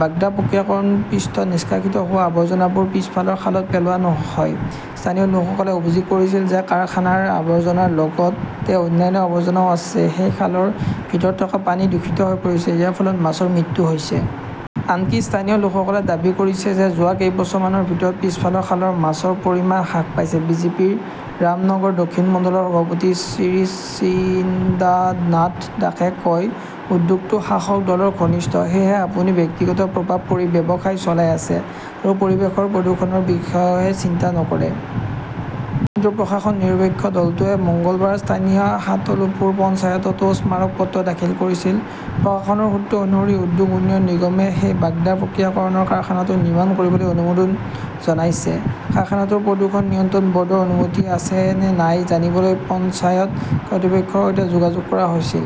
বাগদা প্ৰক্ৰিয়াকৰণৰ পিছত নিষ্কাশিত হোৱা আৱৰ্জনাবোৰ পিছফালৰ খালত পেলোৱা হয়। স্থানীয় লোকসকলে অভিযোগ কৰিছে যে কাৰখানাৰ আৱৰ্জনাৰ লগতে অন্যান্য আৱৰ্জনাও আছে। সেই খালৰ ভিতৰত থকা পানী দূষিত হৈ পৰিছে। ইয়াৰ ফলত মাছৰ মৃত্যু হৈছে। আনকি স্থানীয় লোকসকলে দাবী কৰিছে যে যোৱা কেইবছৰমানৰ ভিতৰত পিছফালৰ খালত মাছৰ পৰিমাণ হ্ৰাস পাইছে। বিজেপিৰ ৰামনগৰ- দক্ষিণ মণ্ডলৰ সভাপতি শ্ৰী শ্ৰীন্দ্ৰনাথ দাসে কয়, উদ্যোগটো শাসক দলৰ ঘনিষ্ঠ। সেয়েহে আপুনি ব্যক্তিগত প্ৰভাৱ পৰি ব্যৱসায় চলাই আছে আৰু পৰিৱেশৰ প্ৰদূষণৰ বিষয়ে চিন্তা নকৰে। কিন্তু প্ৰশাসন নিৰপেক্ষ। দলটোৱে মঙলবাৰে স্থানীয় সাতলুপুৰ পঞ্চায়ততো স্মাৰক পত্ৰ দাখিল কৰিছিল। প্ৰশাসনৰ সূত্ৰ অনুসৰি, উদ্যোগ উন্নয়ন নিগমে সেই বাগদা প্ৰক্ৰিয়াকৰণ কাৰখানাটো নিৰ্মাণ কৰিবলৈ অনুমোদন জনাইছে। কাৰখানাটোৰ প্ৰদূষণ নিয়ন্ত্ৰণ বৰ্ডৰ অনুমতি আছে নে নাই জানিবলৈ পঞ্চায়ত কৰ্তৃপক্ষৰ সৈতে যোগাযোগ কৰা হৈছিল।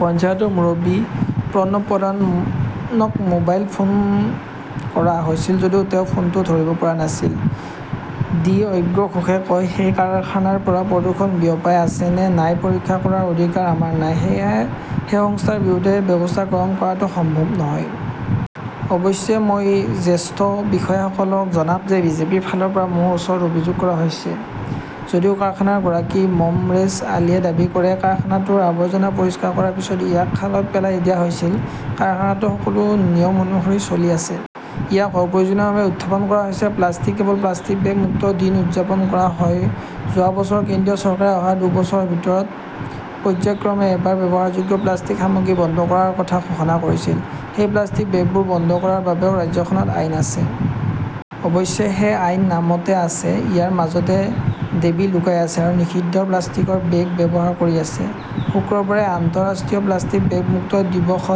পঞ্চায়তৰ মুৰব্বী প্ৰণৱ প্ৰধানক মোবাইল ফোন কৰা হৈছিল যদিও তেওঁ ফোনটো ধৰিব পৰা নাছিল। ডি. অৰ্গ্য ঘোষে কয়, সেই কাৰখানাৰ পৰা প্ৰদূষণ বিয়পাই আছে নে নাই পৰীক্ষা কৰাৰ অধিকাৰ আমাৰ নাই। সেয়েহে সেই সংস্থাৰ বিৰুদ্ধে ব্যৱস্থা গ্ৰহণ কৰাটো সম্ভৱ নহয়। অৱশ্যে, মই বিষয়টো জ্যেষ্ঠ বিষয়াসকলক জনাম যে বিজেপিৰ ফালৰ পৰা মোৰ ওচৰত অভিযোগ কৰা হৈছে। যদিও কাৰখানাৰ গৰাকী মমৰেজ আলীয়ে দাবী কৰে, কাৰখানাটোৰ আৱৰ্জনা পৰিষ্কাৰ কৰাৰ পিছত ইয়াক খালত পেলাই দিয়া হৈছিল। কাৰখানাটো সকলো নিয়ম অনুসৰি চলি আছে। ইয়াক অপ্ৰয়োজনীয়ভাৱে উত্থাপন কৰা হৈছে। প্লাষ্টিক কেৱল প্লাষ্টিক বেগ-মুক্ত দিন উদযাপন কৰা হয় যোৱা বছৰ কেন্দ্ৰীয় চৰকাৰে অহা দুবছৰৰ ভিতৰত পৰ্য্যায়ক্ৰমে এবাৰ ব্যৱহাৰযোগ্য প্লাষ্টিক সামগ্ৰী বন্ধ কৰাৰ কথা ঘোষণা কৰিছিল। সেই প্লাষ্টিকৰ বেগবোৰ বন্ধ কৰাৰ বাবেও ৰাজ্যখনত আইন আছে। অৱশ্যে সেই আইন নামতে আছে। ইয়াৰ মাজতে দেৱী লুকাই আছে আৰু নিষিদ্ধ প্লাষ্টিকৰ বেগ ব্যৱহাৰ কৰি আছে। শুক্ৰবাৰে, আন্তঃৰাষ্ট্ৰীয় প্লাষ্টিক বেগ-মুক্ত দিৱস ত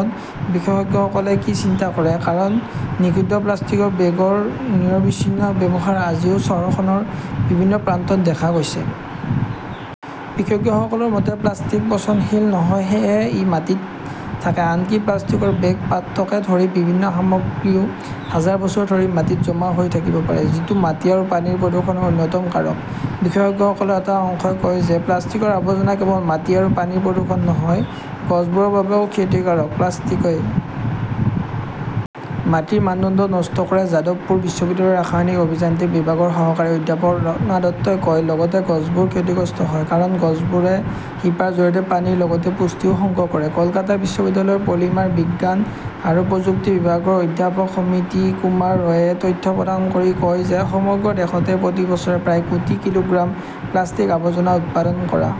বিশেষজ্ঞসকলে কি চিন্তা কৰে। কাৰণ, নিষিদ্ধ প্লাষ্টিক বেগৰ নিৰবিচ্ছিন্ন ব্যৱহাৰ আজিও চহৰখনৰ বিভিন্ন প্ৰান্তত দেখা গৈছে। বিশেষজ্ঞসকলৰ মতে, প্লাষ্টিক পচনশীল নহয়। সেয়েহে ই মাটিত থাকে। আনকি প্লাষ্টিকৰ বেগ, পাত্ৰকে ধৰি বিভিন্ন সামগ্ৰীও হাজাৰ বছৰ ধৰি মাটিত জমা হৈ থাকিব পাৰে। যিটো মাটি আৰু পানীৰ প্ৰদূষণৰ অন্যতম কাৰক। বিশেষজ্ঞসকলৰ এটা অংশই কয় যে প্লাষ্টিকৰ আৱৰ্জনা কেৱল মাটি আৰু পানীৰ প্ৰদূষণ নহয়, গছবোৰৰ বাবেও ক্ষতিকাৰক। প্লাষ্টিকই মাটিৰ মানদণ্ড নষ্ট কৰে, যাদৱপুৰ বিশ্ববিদ্যালয়ৰ ৰাসায়নিক অভিযান্ত্ৰিক বিভাগৰ সহকাৰী অধ্যাপক ৰত্না দত্তই কয়। লগতে গছবোৰো ক্ষতিগ্ৰস্ত হয়। কাৰণ, গছবোৰে শিপাৰ জৰিয়তে পানীৰ লগতে পুষ্টিও সংগ্ৰহ কৰে। কলকাতা বিশ্ববিদ্যালয়ৰ পলিমাৰ বিজ্ঞান আৰু প্ৰযুক্তি বিভাগৰ অধ্যাপক সমিতি কুমাৰ ৰয়ে তথ্য প্ৰদান কৰি কয় যে সমগ্ৰ দেশতে প্ৰতি বছৰে প্ৰায় কোটি কিলোগ্ৰাম প্লাষ্টিক-আৱৰ্জনা উৎপাদন কৰা।